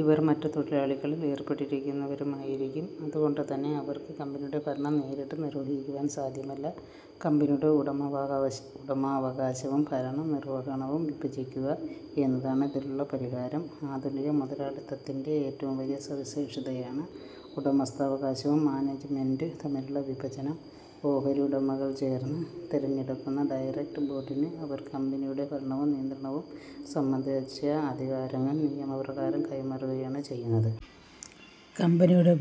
ഇവർ മറ്റു തൊഴിലുകളിൽ ഏർപ്പെട്ടിരിക്കുന്നവരുമായിരിക്കും. അതുകൊണ്ടുതന്നെ അവർക്ക് കമ്പനിയുടെ ഭരണം നേരിട്ട് വിർവഹിക്കുവാൻ സാധ്യമല്ല. കമ്പനിയുടെ ഉടമാവകാശവും ഭരണ നിർവഹണവും വിഭജിക്കുക എന്നതാണ് ഇതിനുള്ള പരിഹാരം. ആധുനിക മുതലാളിത്തത്തിന്റെ ഏറ്റവും വലിയ സവിശേഷതയാണ് ഉടമസ്ഥാവകാശവും മാനേജ്മെന്റും തമ്മിലുള്ള വിഭജനം. ഓഹരി ഉടമകൾ ചേർന്ന് തെരഞ്ഞെടുക്കുന്ന ഡയറക്ടർ ബോർഡിന് അവർ കമ്പനിയുടെ ഭരണവും നിയന്ത്രണവും സംബന്ധിച്ച അധികാരങ്ങൾ നിയമപ്രകാരം കൈമാറുകയാണ് ചെയ്യുന്നത്. കമ്പനിയുടെ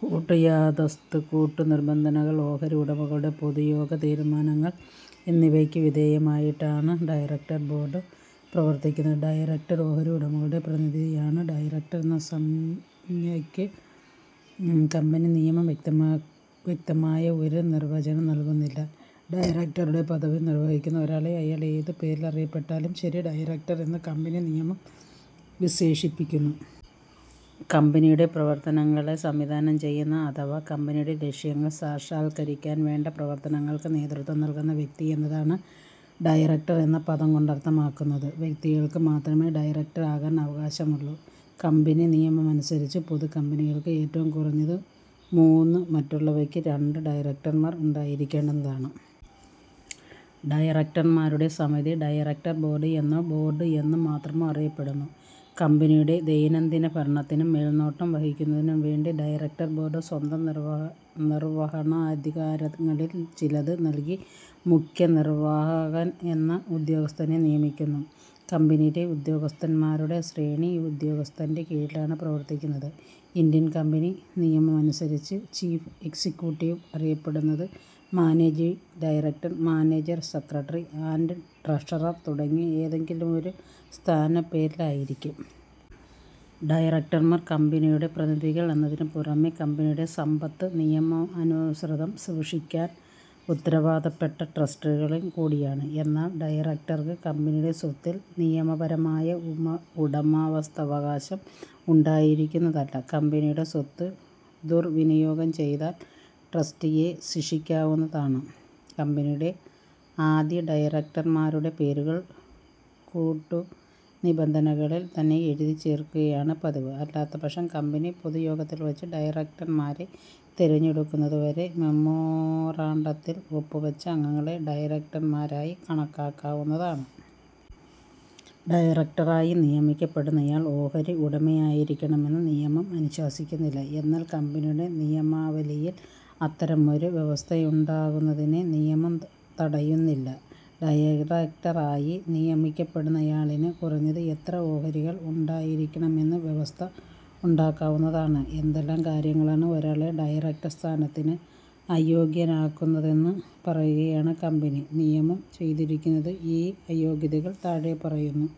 കൂട്ടുയാദാസ്ത്, കൂട്ടു നിബന്ധനങ്ങൾ, ഓഹരി ഉടമകളുടെ പൊതുയോഗ തീരുമാനങ്ങൾ എന്നിവയ്ക്ക് വിധേയമായിട്ടാണ് ഡയറക്ടർ ബോർഡ് പ്രവർത്തിക്കുന്നത്. ഡയറക്ടർ, ഓഹരി ഉടമകളുടെ പ്രതിനിധിയാണ്. ഡയറക്ടർ എന്ന സംജ്ഞയ്ക്ക് കമ്പനി നിയമം വ്യക്തമായ ഒരു നിർവചനം നൽകുന്നില്ല. ഡയറക്ടരുടെ പദവി വഹിക്കുന്ന ഒരാളെ, അയാൾ ഏതു പേരിലറിയപ്പെട്ടാലും ശരി ഡയറക്ടർ എന്നു കമ്പനി നിയമം വിശേഷിപ്പിക്കുന്നു. കമ്പനിയുടെ പ്രവർത്തനങ്ങളെ സംവിധാനം ചെയ്യുന്ന അഥവാ കമ്പനിയുടെ ലക്ഷ്യങ്ങൾ സാക്ഷാത്കരിക്കാൻ വേണ്ട പ്രവർത്തനങ്ങൾക്കു നേതൃത്വം നൽകുന്ന വ്യക്തി എന്നതാണ് ഡയറക്ടർ എന്ന പദം കൊണ്ടർഥമാക്കുന്നത്. വ്യക്തികൾക്കു മാത്രമേ ഡയറക്ടർ ആകാൻ അവകാശമുള്ളൂ. കമ്പനി നിയമമനുസരിച്ച് പൊതു കമ്പനികൾക്ക് ഏറ്റവും കുറഞ്ഞത് മൂന്നും മറ്റുള്ളവയ്ക്ക് രണ്ടും ഡയറക്ടറന്മാർ ഉണ്ടായിരിക്കേണ്ടതാണ്. ഡയറക്ടർമാരുടെ സമിതി ഡയറക്ടർ ബോർഡ് എന്നോ ബോർഡ് എന്നു മാത്രമോ അറിയപ്പെടുന്നു. കമ്പനിയുടെ ദൈനംദിന ഭരണത്തിനു മേൽനോട്ടം വഹിക്കുന്നതിനുവേണ്ടി ഡയറക്ടർബോർഡ് സ്വന്തം നിർവഹണാധികാരങ്ങളിൽ ചിലത് നൽകി മുഖ്യനിർവാഹകൻ എന്ന ഉദ്യോഗസ്ഥനെ നിയമിക്കുന്നു. കമ്പനിയിലെ ഉദ്യോഗസ്ഥൻമാരുടെ ശ്രേണി, ഈ ഉദ്യോഗസ്ഥന്റെ കീഴിലാണ് പ്രവർത്തിക്കുന്നത്. ഇന്ത്യൻ കമ്പനി നിയമമനുസരിച്ച്, ചീഫ് എക്സിക്യൂട്ടീവ് അറിയപ്പെടുന്നത് managing director, manager, secretary and treasurer തുടങ്ങിയ ഏതെങ്കിലുമൊരു സ്ഥാനപ്പേരിലായിരിക്കും. ഡയറക്ടർമാർ കമ്പനിയുടെ പ്രതിനിധികൾ എന്നതിനു പുറമേ, കമ്പനിയുടെ സമ്പത്ത് നിയമാനുസൃതം സൂക്ഷിക്കാൻ ഉത്തരവാദപ്പെട്ട ട്രസ്റ്റികളും കൂടിയാണ്. എന്നാൽ ഡയറക്ടർക്ക് കമ്പനിയുടെ സ്വത്തിൽ നിയമപരമായ ഉടമവസ്ഥാവകാശം ഉണ്ടായിരിക്കുന്നതല്ല. കമ്പനിയുടെ സ്വത്ത് ദുർവിനിയോഗം ചെയ്താൽ ട്രസ്റ്റിയെ ശിക്ഷിക്കാവുന്നതാണ്. കമ്പനിയുടെ ആദ്യഡയറക്ടർമാരുടെ പേരുകൾ കൂട്ടുനിബന്ധനകളിൽ തന്നെ എഴുതിച്ചേർക്കുകയാണ് പതിവ്. അല്ലാത്ത പക്ഷം കമ്പനി പൊതുയോഗത്തിൽ വച്ച് ഡയറക്ടർമാരെ തെരഞ്ഞെടുക്കുന്നതു വരെ മെമ്മോറാണ്ടത്തിൽ ഒപ്പുവച്ച അംഗങ്ങളെ ഡയറക്ടർമാരായി കണക്കാക്കാവുന്നതാണ്. ഡയറക്ടറായി നിയമിക്കപ്പെടുന്നയാൾ ഓഹരി ഉടമയായിരിക്കണമെന്ന് നിയമം അനുശാസിക്കുന്നില്ല. എന്നാൽ കമ്പനിയുടെ നിയമാവലിയിൽ അത്തരമൊരു വ്യവസ്ഥയുണ്ടാകുന്നതിനെ നിയമം തടയുന്നില്ല. ഡയറക്ടറായി നിയമിക്കപ്പെടുന്നയാളിന് കുറഞ്ഞത് ഇത്ര ഓഹരികൾ ഉണ്ടായിരിക്കണമെന്ന് വ്യവസ്ഥ ഉണ്ടാക്കാവുന്നതാണ്. എന്തെല്ലാം കാര്യങ്ങളാണ്, ഒരാളെ ഡയറക്ടർ സ്ഥാനത്തിന് അയോഗ്യനാക്കുന്നതെന്ന് പറയുകയാണ് കമ്പനി നിയമം ചെയ്തിരിക്കുന്നത്. ഈ അയോഗ്യതകൾ താഴെപ്പറയുന്നു.